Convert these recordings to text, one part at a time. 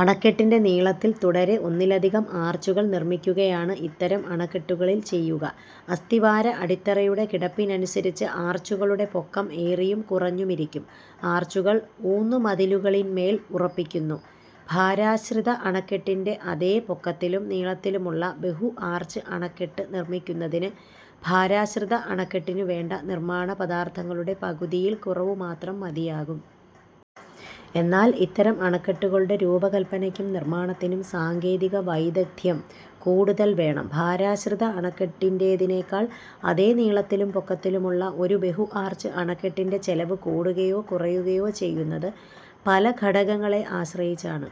അണക്കെട്ടിന്റെ നീളത്തിൽ തുടരെ ഒന്നിലധികം ആർച്ചുകൾ നിർമ്മിക്കുകയാണ് ഇത്തരം അണക്കെട്ടുകളിൽ ചെയ്യുക. അസ്തിവാര അടിത്തറയുടെ കിടപ്പിനനുസരിച്ച് ആർച്ചുകളുടെ പൊക്കം ഏറിയും കുറഞ്ഞുമിരിക്കും. ആർച്ചുകൾ ഊന്നുമതിലുകളിൻമേൽ ഉറപ്പിക്കുന്നു. ഭാരാശ്രിത അണക്കെട്ടിന്റെ അതേ പൊക്കത്തിലും നീളത്തിലുമുള്ള ബഹുആർച്ച് അണക്കെട്ട് നിർമ്മിക്കുന്നതിന് ഭാരാശ്രിത അണക്കെട്ടിനു വേണ്ട നിർമ്മാണ പദാർഥങ്ങളുടെ പകുതിയിൽ കുറവുമാത്രം മതിയാകും. എന്നാൽ ഇത്തരം അണക്കെട്ടുകളുടെ രൂപകല്പനയ്ക്കും നിർമ്മാണത്തിനും സാങ്കേതിക വൈദഗ്ദ്ധ്യം കൂടുതൽ വേണം. ഭാരാശ്രിത അണക്കെട്ടിന്റേതിനെക്കാൾ, അതേ നീളത്തിലും പൊക്കത്തിലുമുള്ള ഒരു ബഹുആർച്ച് അണക്കെട്ടിന്റെ ചെലവ് കൂടുകയോ കുറയുകയോ ചെയ്യുന്നത് പല ഘടകങ്ങളെ ആശ്രയിച്ചാണ്.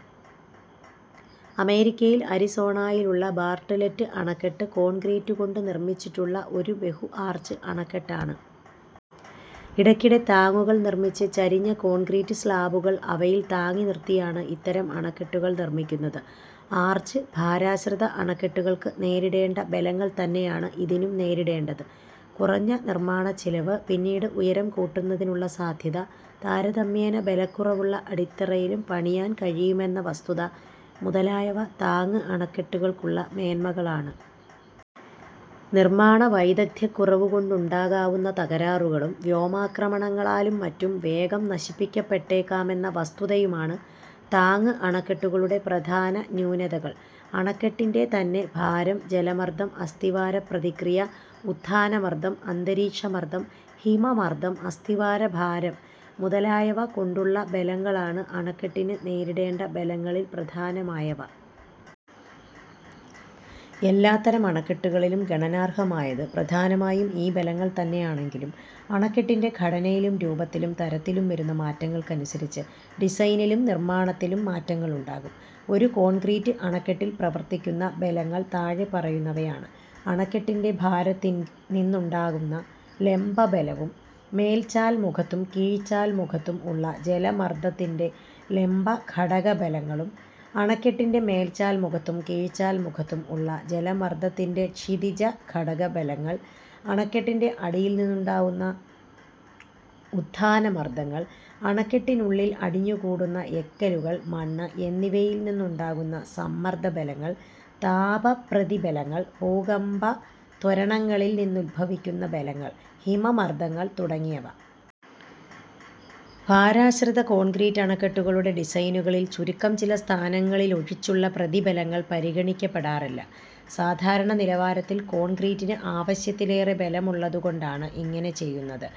അമേരിക്കയിൽ അരിസോണായിലുള്ള ബാർട്ട്ലറ്റ് അണക്കെട്ട് കോൺക്രീറ്റ് കൊണ്ടു നിർമ്മിച്ചിട്ടുള്ള ഒരു ബഹുആർച്ച് അണക്കെട്ടാണ്. ഇടയ്ക്കിടെ താങ്ങുകൾ നിർമ്മിച്ച്, ചരിഞ്ഞ കോൺക്രീറ്റ് സ്ളാബുകൾ അവയിൽ താങ്ങി നിർത്തിയാണ് ഇത്തരം അണക്കെട്ടുകൾ നിർമ്മിക്കുന്നത്. ആർച്ച് ഭാരാശ്രിത അണക്കെട്ടുകൾക്ക് നേരിടേണ്ട ബലങ്ങൾ തന്നെയാണ് ഇതിനും നേരിടേണ്ടത്. കുറഞ്ഞ നിർമ്മാണ ചിലവ്, പിന്നീട് ഉയരം കൂട്ടുന്നതിനുളള സാധ്യത, താരതമ്യേന ബലക്കുറവുള്ള അടിത്തറയിലും പണിയാൻ കഴിയുമെന്ന വസ്തുത മുതലായവ താങ്ങ് അണക്കെട്ടുകൾക്കുള്ള മേന്മകളാണ്. നിർമ്മാണ വൈദഗ്ദ്ധ്യക്കുറവു കൊണ്ടുണ്ടാകാവുന്ന തകരാറുകളും, വ്യോമാക്രമണങ്ങളാലും മറ്റും വേഗം നശിപ്പിക്കപ്പെട്ടേക്കാമെന്ന വസ്തുതയുമാണ് താങ്ങ് അണക്കെട്ടുകളുടെ പ്രധാന ന്യൂനതകൾ. അണക്കെട്ടിന്റെ തന്നെ ഭാരം, ജലമർദ്ദം, അസ്തിവാര പ്രതിക്രിയ, ഉത്ഥാന മർദ്ദം, അന്തരീക്ഷ മർദ്ദം, ഹിമ മർദ്ദം, അസ്തിവാര ഭാരം മുതലായവ കൊണ്ടുള്ള ബലങ്ങളാണ് അണക്കെട്ടിന് നേരിടേണ്ട ബലങ്ങളിൽ പ്രധാനമായവ. എല്ലാത്തരം അണക്കെട്ടുകളിലും ഗണനാർഹമായത് പ്രധാനമായും ഈ ബലങ്ങൾ തന്നെയാണെങ്കിലും അണക്കെട്ടിന്റെ ഘടനയിലും, രൂപത്തിലും, തരത്തിലും വരുന്ന മാറ്റങ്ങൾക്കനുസരിച്ച് ഡിസൈനിലും, നിർമ്മാണത്തിലും മാറ്റങ്ങളുണ്ടാകും. ഒരു കോൺക്രീറ്റ് അണക്കെട്ടിൽ പ്രവർത്തിക്കുന്ന ബലങ്ങൾ താഴെ പറയുന്നവയാണ്: അണക്കെട്ടിന്റെ ഭാരത്തിൽ നിന്നുണ്ടാവുന്ന ലംബ ബലവും, മേൽചാൽ മുഖത്തും കീഴ്ചാൽ മുഖത്തും ഉള്ള ജലമർദ്ദത്തിന്റെ ലംബ ഘടക ബലങ്ങളും; അണക്കെട്ടിന്റെ മേൽചാൽ മുഖത്തും കീഴ്ചാൽ മുഖത്തും ഉള്ള ജലമർദ്ദത്തിന്റെ ക്ഷിതിജ ഘടക ബലങ്ങൾ; അണക്കെട്ടിന്റെ അടിയിൽ നിന്നുണ്ടാവുന്ന ഉത്ഥാന മർദ്ദങ്ങൾ; അണക്കെട്ടിനുള്ളിൽ അടിഞ്ഞു കൂടുന്ന എക്കലുകൾ, മണ്ണ് എന്നിവയിൽ നിന്നുണ്ടാകുന്ന സമ്മർദ്ദ ബലങ്ങൾ; താപപ്രതി ബലങ്ങൾ; ഭൂകമ്പ ത്വരണങ്ങളിൽ നിന്നുദ്ഭവിക്കുന്ന ബലങ്ങൾ; ഹിമ മർദ്ദങ്ങൾ തുടങ്ങിയവ. ഭാരാശ്രിത കോൺക്രീറ്റ് അണക്കെട്ടുകളുടെ ഡിസൈനുകളിൽ ചുരുക്കം ചില സ്ഥാനങ്ങളിലൊഴിച്ചുള്ള പ്രതിബലങ്ങൾ പരിഗണിക്കപ്പെടാറില്ല. സാധാരണ നിലവാരത്തിൽ കോൺക്രീറ്റിന് ആവശ്യത്തിലേറെ ബലമുള്ളതു കൊണ്ടാണ് ഇങ്ങനെ ചെയ്യുന്നത്.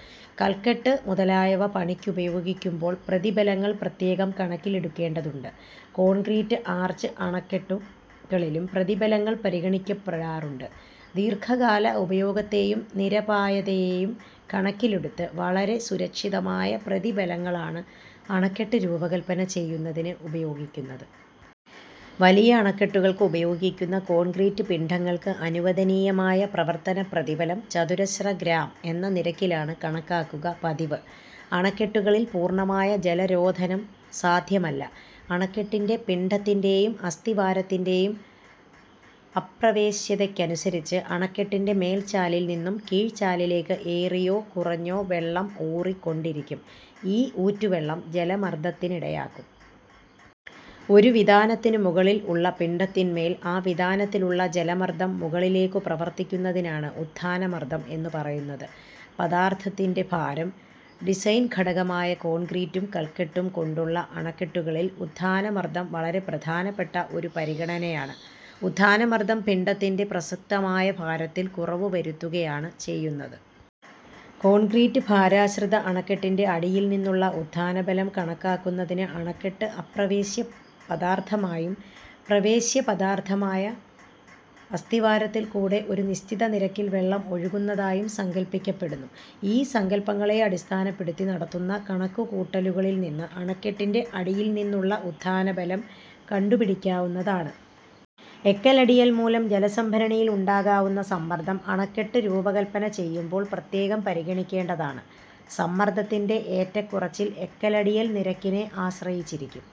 കൽക്കെട്ട് മുതലായവ പണിക്കുപയോഗിക്കുമ്പോൾ പ്രതിബലങ്ങൾ പ്രത്യേകം കണക്കിലെടുക്കേണ്ടതുണ്ട്. കോൺക്രീറ്റ് ആർച്ച് അണക്കെട്ടുകളിലും പ്രതിബലങ്ങൾ പരിഗണിക്കപ്പെടാറുണ്ട്. ദീർഘകാല ഉപയോഗത്തെയും നിരപായതയെയും കണക്കിലെടുത്ത് വളരെ സുരക്ഷിതമായ പ്രതിബലങ്ങളാണ് അണക്കെട്ട് രൂപകല്പന ചെയ്യുന്നതിന് ഉപയോഗിക്കുന്നത്. വലിയ അണക്കെട്ടുകൾക്ക് ഉപയോഗിക്കുന്ന കോൺക്രീറ്റ് പിണ്ഡങ്ങൾക്ക് അനുവദനീയമായ പ്രവർത്തനപ്രതിബലം ചതുരശ്ര ഗ്രാം. എന്ന നിരക്കിലാണ് കണക്കാക്കുക പതിവ്. അണക്കെട്ടുകളിൽ പൂർണ്ണമായ ജലരോധനം സാദ്ധ്യമല്ല. അണക്കെട്ടിന്റെ പിണ്ഡത്തിന്റെയും, അസ്തിവാരത്തിന്റെയും അപ്രവേശ്യതക്കനുസരിച് അണക്കെട്ടിന്റെ മേൽചാലിൽ നിന്നും കീഴ്ചാലിലേക്ക് ഏറിയോ, കുറഞ്ഞോ വെള്ളം ഊറി കൊണ്ടിരിക്കും. ഈ ഊറ്റു വെള്ളം ജലമർദ്ദത്തിനിടയാക്കും. ഒരു വിതാനത്തിനു മുകളിൽ ഉള്ള പിണ്ഡത്തിൻ മേൽ ആ വിതാനത്തിലുള്ള ജലമർദ്ദം മുകളിലേക്കു പ്രവർത്തിക്കുന്നതിനാണ് ഉത്ഥാന മർദം എന്നു പറയുന്നത്. പദാർഥത്തിന്റെ ഭാരം ഡിസൈൻഘടകമായ കോൺക്രീറ്റും കൽക്കെട്ടും കൊണ്ടുള്ള അണക്കെട്ടുകളിൽ ഉത്ഥാനമർദം വളരെ പ്രധാനപ്പെട്ട ഒരു പരിഗണനയാണ്. ഉത്ഥാനമർദ്ദം പിണ്ഡത്തിന്റെ പ്രസക്തമായ ഭാരത്തിൽ കുറവു വരുത്തുകയാണ് ചെയ്യുന്നത്. കോൺക്രീറ്റ് ഭാരാശ്രിത അണക്കെട്ടിന്റെ അടിയിൽ നിന്നുള്ള ഉത്ഥാന ബലം കണക്കാക്കുന്നതിന് അണക്കെട്ട് അപ്രവേശ്യ പദാർഥമായും പ്രവേശ്യ പദാർഥമായ അസ്തിവാരത്തിൽ കൂടെ ഒരു നിശ്ചിത നിരക്കിൽ വെള്ളം ഒഴുകുന്നതായും സങ്കല്പിക്കപ്പെടുന്നു. ഈ സങ്കല്പങ്ങളെ അടിസ്ഥാനപ്പെടുത്തി നടത്തുന്ന കണക്കു കൂട്ടലുകളിൽ നിന്ന് അണക്കെട്ടിന്റെ അടിയിൽ നിന്നുള്ള ഉത്ഥാനബലം കണ്ടുപിടിക്കാവുന്നതാണ്. എക്കലടിയൽ മൂലം ജലസംഭരണിയിൽ ഉണ്ടാകാവുന്ന സമ്മർദ്ദം അണക്കെട്ട് രൂപകല്പന ചെയ്യുമ്പോൾ പ്രത്യേകം പരിഗണിക്കേണ്ടതാണ്. സമ്മർദ്ദത്തിന്റെ ഏറ്റക്കുറച്ചിൽ എക്കലടിയൽ നിരക്കിനെ ആശ്രയിച്ചിരിക്കും.